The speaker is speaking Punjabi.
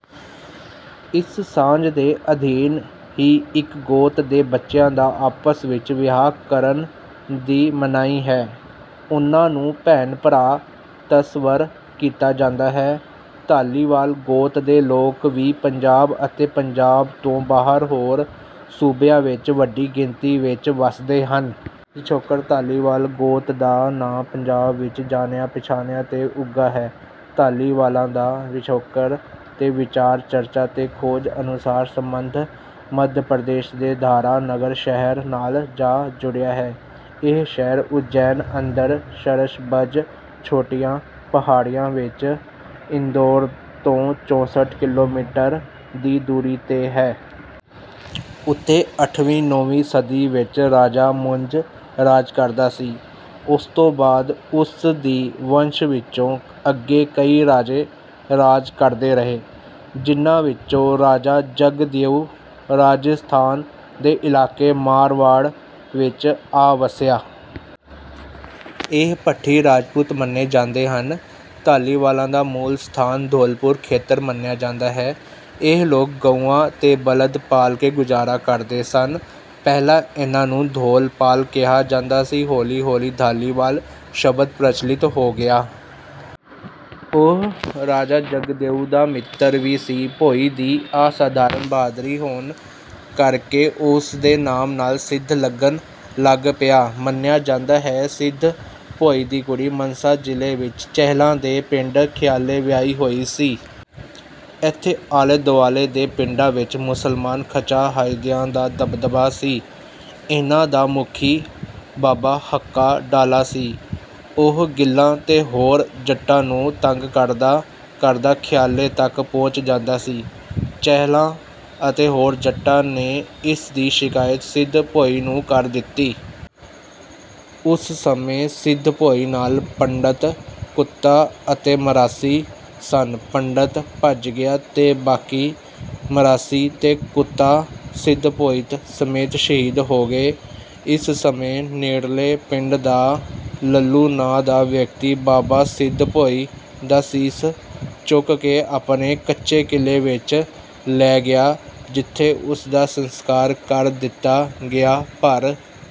ਇਸ ਸਾਂਝ ਦੇ ਅਧੀਨ ਹੀ ਇੱਕ ਗੋਤ ਦੇ ਬੱਚਿਆਂ ਦਾ ਆਪਸ ਵਿੱਚ ਵਿਆਹ ਕਰਨ ਦੀ ਮਨਾਹੀ ਹੈ। ਉਨ੍ਹਾਂ ਨੂੰ ਭੈਣ ਭਰਾ ਤਸੱਵਰ ਕੀਤਾ ਜਾਂਦਾ ਹੈ। ਧਾਲੀਵਾਲ ਗੋਤ ਦੇ ਲੋਕ ਵੀ ਪੰਜਾਬ ਅਤੇ ਪੰਜਾਬ ਤੋਂ ਬਾਹਰ ਹੋਰ ਸੂਬਿਆਂ ਵਿੱਚ ਵੱਡੀ ਗਿਣਤੀ ਵਿੱਚ ਵਸਦੇ ਹਨ। ਪਿਛੋਕੜ ਧਾਲੀਵਾਲ ਗੋਤ ਦਾ ਨਾਂ ਪੰਜਾਬ ਵਿੱਚ ਜਾਣਿਆ ਪਛਾਣਿਆ ਤੇ ਉੱਘਾ ਹੈ। ਧਾਲੀਵਾਲਾਂ ਦਾ ਪਿਛੋਕੜ ਤੇ ਵਿਚਾਰ ਚਰਚਾ ਤੇ ਖੋਜ ਅਨੁਸਾਰ ਸੰਬੰਧ ਮੱਧ ਪ੍ਰਦੇਸ਼ ਦੇ ਧਾਰਾ ਨਗਰ ਸ਼ਹਿਰ ਨਾਲ ਜਾ ਜੁੜਿਆ ਹੈ। ਇਹ ਸ਼ਹਿਰ ਉਜੈਨ ਅੰਦਰ ਸਰਸ਼ਬਜ ਛੋਟੀਆਂ ਪਹਾੜੀਆਂ ਵਿੱਚ ਇੰਦੋਰ ਤੋਂ ਚੌਸਠ ਕਿਲੋਮੀਟਰ ਦੀ ਦੂਰੀ ਤੇ ਹੈ। ਉਥੇ ਅੱਠਵੀਂ ਨੌਵੀਂ ਸਦੀ ਵਿੱਚ ਰਾਜਾ ਮੁੰਜ ਰਾਜ ਕਰਦਾ ਸੀ। ਉਸ ਤੋਂ ਬਾਅਦ ਉਸ ਦੀ ਵੰਸ਼ ਵਿੱਚੋਂ ਅੱਗੇ ਕਈ ਰਾਜੇ ਰਾਜ ਕਰਦੇ ਰਹੇ। ਜਿਹਨਾਂ ਵਿੱਚੋਂ ਰਾਜਾ ਜਗਦੇਉ ਰਾਜਸਥਾਨ ਦੇ ਇਲਾਕੇ ਮਾਰਵਾੜ ਵਿੱਚ ਆ ਵਸਿਆ। ਇਹ ਭੱਟੀ ਰਾਜਪੂਤ ਮੰਨੇ ਜਾਂਦੇ ਹਨ। ਧਾਲੀਵਾਲਾਂ ਦਾ ਮੂਲ ਸਥਾਨ ਧੌਲਪੁਰ ਖੇਤਰ ਮੰਨਿਆ ਜਾਂਦਾ ਹੈ। ਇਹ ਲੋਕ ਗਊਆਂ ਤੇ ਬਲਦ ਪਾਲ ਕੇ ਗੁਜਾਰਾ ਕਰਦੇ ਸਨ ਪਹਿਲਾਂ ਇਹਨਾਂ ਨੂੰ ਧੌਲਪਾਲ ਕਿਹਾ ਜਾਂਦਾ ਸੀ। ਹੌਲੀ ਹੌਲੀ ਧਾਲੀਵਾਲ ਸ਼ਬਦ ਪ੍ਰਚਲਿਤ ਹੋ ਗਿਆ। ਉਹ ਰਾਜਾ ਜਗਦੇਉ ਦਾ ਮਿੱਤਰ ਵੀ ਸੀ। ਭੋਇੰ ਦੀ ਅਸਾਧਾਰਨ ਬਹਾਦਰੀ ਹੋਣ ਕਰ ਕੇ ਉਸ ਦੇ ਨਾਮ ਨਾਲ ਸਿੱਧ ਲੱਗਣ ਲੱਗ ਪਿਆ। ਮੰਨਿਆ ਜਾਂਦਾ ਹੈ ਸਿੱਧ ਭੋਇੰ ਦੀ ਕੁੜੀ ਮਨਸਾ ਜਿਲ੍ਹੇ ਵਿੱਚ ਚਹਿਲਾਂ ਦੇ ਪਿੰਡ ਖਿਆਲੇ ਵਿਆਹੀ ਹੋਈ ਸੀ। ਇੱਥੇ ਆਲੇ ਦੁਆਲੇ ਦੇ ਪਿੰਡਾਂ ਵਿੱਚ ਮੁਸਲਮਾਨ ਖੱਚਾਹਦਿਆਂ ਦਾ ਦਬਦਬਾ ਸੀ। ਇਹਨਾਂ ਦਾ ਮੁਖੀ ਬਾਬਾ ਹੱਕਾ ਡਾਲਾ ਸੀ। ਉਹ ਗਿੱਲਾਂ ਤੇ ਹੋਰ ਜੱਟਾਂ ਨੂੰ ਤੰਗ ਕਰਦਾ ਕਰਦਾ ਖਿਆਲੇ ਤੱਕ ਪਹੁੰਚ ਜਾਂਦਾ ਸੀ। ਚਹਿਲਾਂ ਅਤੇ ਹੋਰ ਜੱਟਾਂ ਨੇ ਇਸ ਦੀ ਸ਼ਿਕਾਇਤ ਸਿੱਧ ਭੋਇੰ ਨੂੰ ਕਰ ਦਿੱਤੀ। ਉਸ ਸਮੇਂ ਸਿੱਧ ਭੋਇੰ ਨਾਲ ਪੰਡਤ ਕੁੱਤਾ ਅਤੇ ਮਰਾਸੀ ਸਨ। ਪੰਡਤ ਭੱਜ ਗਿਆ ਤੇ ਬਾਕੀ ਮਰਾਸੀ ਤੇ ਕੁੱਤਾ ਸਿੱਧ ਭੋਇੰ ਸਮੇਤ ਸ਼ਹੀਦ ਹੋ ਗਏ। ਇਸ ਸਮੇਂ ਨੇੜਲੇ ਪਿੰਡ ਦਾ ਲੱਲੂ ਨਾਂ ਦਾ ਵਿਅਕਤੀ ਬਾਬਾ ਸਿੱਧ ਭੋਇੰ ਦਾ ਸੀਸ ਚੁੱਕ ਕੇ ਆਪਣੇ ਕੱਚੇ ਕਿਲ੍ਹੇ ਵਿੱਚ ਲੈ ਗਿਆ ਜਿੱਥੇ ਉਸ ਦਾ ਸੰਸਕਾਰ ਕਰ ਦਿੱਤਾ ਗਿਆ। ਪਰ